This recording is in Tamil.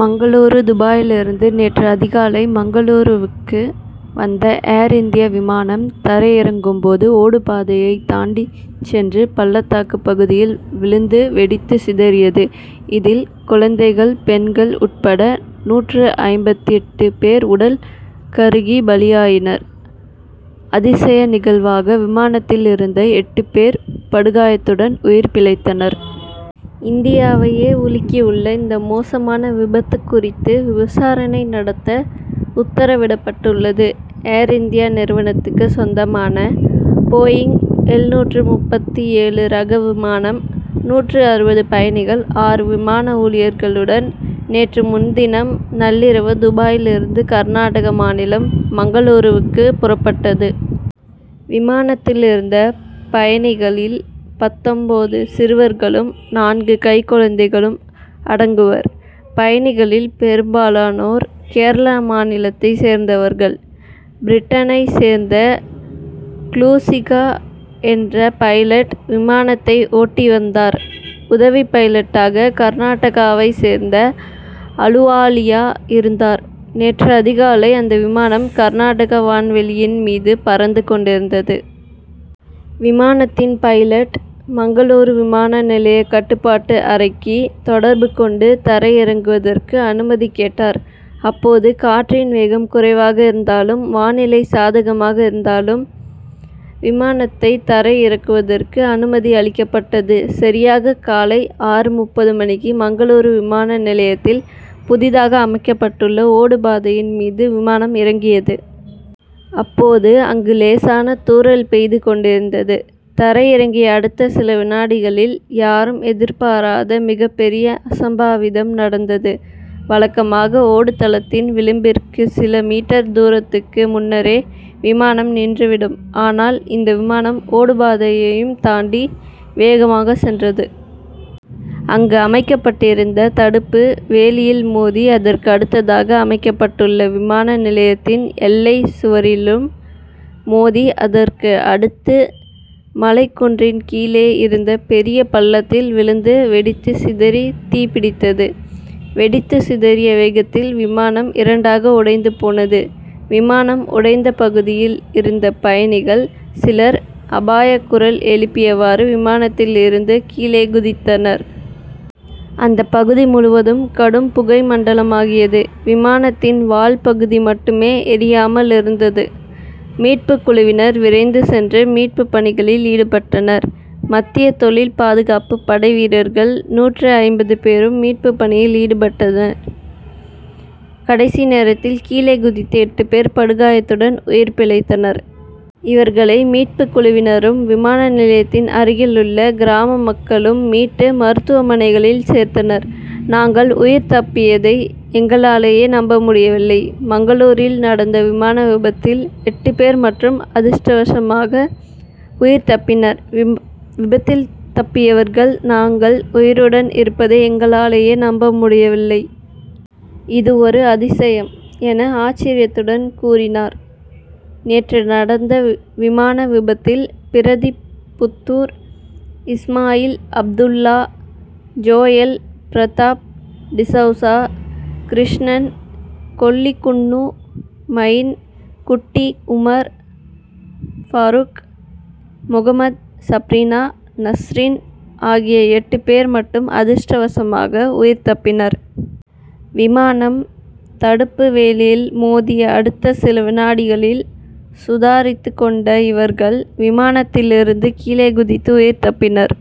மங்களூரு துபாயிலிருந்து நேற்று அதிகாலை மங்களூருவுக்கு வந்த ஏர் இந்தியா விமானம் தரை இறங்கும் போது ஓடுபாதையை தாண்டிச் சென்று பள்ளத்தாக்கு பகுதியில் விழுந்து வெடித்துச் சிதறியது. இதில் குழந்தைகள் பெண்கள் உட்பட நூற்று ஐம்பத்து எட்டு பேர் உடல் கருகி பலியாயினர். அதிசய நிகழ்வாக விமானத்தில் இருந்த எட்டு பேர் படுகாயத்துடன் உயிர் பிழைத்தனர். இந்தியாவையே உலுக்கியுள்ள இந்த மோசமான விபத்து குறித்து விசாரணை நடத்த உத்தரவிடப்பட்டுள்ளது. ஏர் இந்தியா நிறுவனத்துக்கு சொந்தமான போயிங் எழுநூற்று முப்பத்து ஏழு ரக விமானம் நூற்று அறுபது பயணிகள் ஆறு விமான ஊழியர்களுடன் நேற்று முன்தினம் நள்ளிரவு துபாயில் இருந்து கர்நாடக மாநிலம் மங்களூருவுக்கு புறப்பட்டது. விமானத்தில் இருந்த பயணிகளில் பத்தொன்பது சிறுவர்களும் நான்கு கைக்குழந்தைகளும் அடங்குவர். பயணிகளில் பெரும்பாலானோர் கேரள மாநிலத்தைச் சேர்ந்தவர்கள். பிரிட்டனைச் சேர்ந்த க்ளூசிகா என்ற பைலட் விமானத்தை ஓட்டி வந்தார். உதவி பைலட்டாக கர்நாடகாவைச் சேர்ந்த அலுவாலியா இருந்தார். நேற்று அதிகாலை அந்த விமானம் கர்நாடகா வான்வெளியின் மீது பறந்து கொண்டிருந்தது. விமானத்தின் பைலட் மங்களூரு விமான நிலைய கட்டுப்பாட்டு அறைக்கு தொடர்பு கொண்டு தரை இறங்குவதற்கு அனுமதி கேட்டார். அப்போது காற்றின் வேகம் குறைவாக இருந்ததாலும் வானிலை சாதகமாக இருந்ததாலும் விமானத்தை தரை இறக்குவதற்கு அனுமதி அளிக்கப்பட்டது. சரியாக காலை ஆறு முப்பது மணிக்கு மங்களூரு விமான நிலையத்தில் புதிதாக அமைக்கப்பட்டுள்ள ஓடுபாதையின் மீது விமானம் இறங்கியது. அப்போது அங்கு லேசான தூறல் பெய்து கொண்டிருந்தது. தரை இறங்கிய அடுத்த சில வினாடிகளில் யாரும் எதிர்பாராத மிகப் பெரிய அசம்பாவிதம் நடந்தது. வழக்கமாக ஓடுதளத்தின் விளிம்பிற்கு சில மீட்டர் தூரத்துக்கு முன்னரே விமானம் நின்று விடும். ஆனால் இந்த விமானம் ஓடுபாதையையும் தாண்டி வேகமாகச் சென்றது. அங்கு அமைக்கப்பட்டிருந்த தடுப்பு வேலியில் மோதி அதற்கு அடுத்ததாக அமைக்கப்பட்டுள்ள விமான நிலையத்தின் எல்லைச் சுவரிலும் மோதி அதற்கு அடுத்து மலைக் குன்றின் கீழே இருந்த பெரிய பள்ளத்தில் விழுந்து வெடித்துச் சிதறி தீப்பிடித்தது. வெடித்துச் சிதறிய வேகத்தில் விமானம் இரண்டாக உடைந்து போனது. விமானம் உடைந்த பகுதியில் இருந்த பயணிகள் சிலர் அபயக் குரல் எழுப்பியவாறு விமானத்தில் இருந்து கீழே குதித்தனர். அந்த பகுதி முழுவதும் கடும் புகை மண்டலமாகியது. விமானத்தின் வால் பகுதி மட்டுமே எரியாமல் இருந்தது. மீட்புக் குழுவினர் விரைந்து சென்று மீட்புப் பணிகளில் ஈடுபட்டனர். மத்திய தொழில் பாதுகாப்பு படை வீரர்கள் நூற்று ஐம்பது பேரும் மீட்புப் பணியில் ஈடுபடுத்தப்பட்டனர். கடைசி நேரத்தில் கீழே குதித்த எட்டு பேர் படுகாயத்துடன் உயிர் பிழைத்தனர். இவர்களை மீட்புக் குழுவினரும் விமான நிலையத்தின் அருகில் உள்ள கிராம மக்களும் மீட்டு மருத்துவமனைகளில் சேர்த்தனர். நாங்கள் உயிர் தப்பியதை எங்களாலேயே நம்ப முடியவில்லை. மங்களூரில் நடந்த விமான விபத்தில் எட்டு பேர் மட்டும் அதிர்ஷ்டவசமாக உயிர் தப்பினர். விபத்தில் தப்பியவர்கள் நாங்கள் உயிருடன் இருப்பதை எங்களாலேயே நம்ப முடியவில்லை. இது ஒரு அதிசயம் என ஆச்சர்யத்துடன் கூறினார். நேற்று நடந்த விமான விபத்தில் பிரதிப் புத்துர் இஸ்மாயில் அப்துல்லா ஜோயல் பிரதாப் டிசவுசா கிருஷ்ணன் கொல்லிக்குன்னு மயின் குட்டி உமர் பாருக் முகமது சப்ரினா நஸ்ரின் ஆகிய எட்டு பேர் மட்டும் அதிர்ஷ்டவசமாக உயிர் தப்பினர். விமானம் தடுப்பு வேலியில் மோதிய அடுத்த சில வினாடிகளில் சுதாரித்து கொண்ட இவர்கள் விமானத்திலிருந்து கீழே குதித்து உயிர் தப்பினர்.